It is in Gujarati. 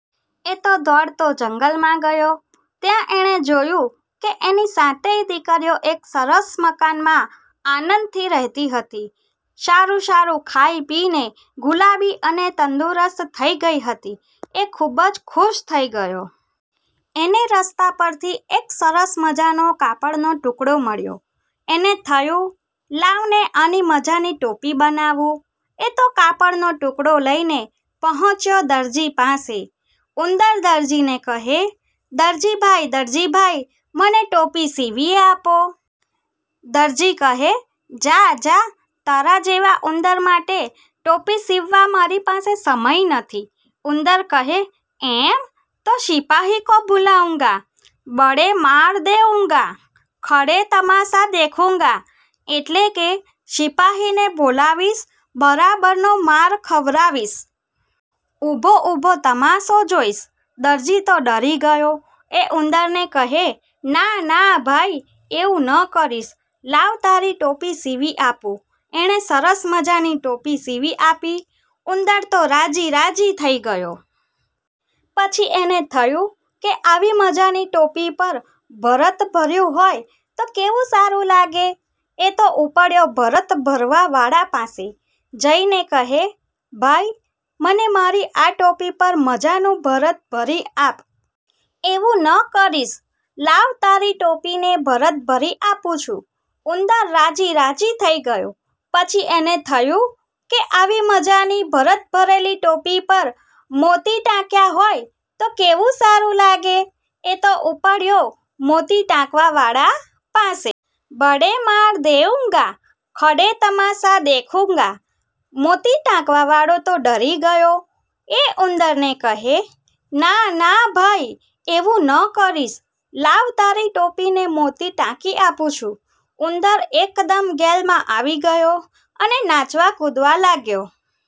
એ તો દોડતો જંગલમાં ગયો. ત્યાં એણે જોયું કે એની સાતેય દીકરીઓ એક સરસ મકાનમાં આનંદથી રહેતી હતી. સારું સારું ખાઈ-પીને ગુલાબી અને તંદુરસ્ત થઇ ગઈ હતી. એ ખુબ જ ખુશ થઇ ગયો. એને રસ્તા પરથી એક સરસ મજાનો કાપડનો ટુકડો મળ્યો. એને થયું, લાવ ને આની મજાની ટોપી બનાવું. એ તો કાપડનો ટુકડો લઈને પહોંચ્યો દરજી પાસે. ઉંદર દરજીને કહે, "દરજીભાઈ, દરજીભાઈ, મને ટોપી સીવી આપો". દરજી કહે, "જા. જા. તારા જેવા ઉંદર માટે ટોપી સીવવા મારી પાસે સમય નથી". ઉંદર કહે, "એમ? તો સિપાહી કો બુલાઉંગા. બડે માર દેઉંગા. ખડે તમાશા દેખુંગા" એટલે કે, "સિપાહીને બોલાવીશ. બરાબરનો માર ખવરાવીશ. ઉભો ઉભો તમાશો જોઇશ". દરજી તો ડરી ગયો. એ ઉંદરને કહે, "ના ના ભાઈ. એવું ન કરીશ. લાવ તારી ટોપી સીવી આપું એણે સરસ મજાની ટોપી સીવી આપી. ઉંદર તો રાજી રાજી થઇ ગયો. પછી એને થયું કે આવી મજાની ટોપી પર ભરત ભર્યું હોય તો કેવું સારું લાગે? એ તો ઉપડ્યો ભરત ભરવાવાળા પાસે. જઈને કહે, "ભાઈ, મને મારી આ ટોપી પર મજાનું ભરત ભરી આપ". એવું ન કરીશ. લાવ તારી ટોપીને ભરત ભરી આપું છું". ઉંદર રાજી રાજી થઇ ગયો. પછી એને થયું કે આવી મજાની ભરત ભરેલી ટોપી પર મોતી ટાંક્યાં હોય તો કેવું સારું લાગે? એ તો ઉપડ્યો મોતી ટાંકવાવાળા પાસે. બડે માર દેઉંગા. ખડે તમાશા દેખુંગા". મોતી ટાંકવાવાળો તો ડરી ગયો. એ ઉંદરને કહે, "ના ના ભાઈ. એવું ન કરીશ. લાવ તારી ટોપીને મોતી ટાંકી આપું છું". ઉંદર એકદમ ગેલમાં આવી ગયો અને નાચવા કુદવા લાગ્યો.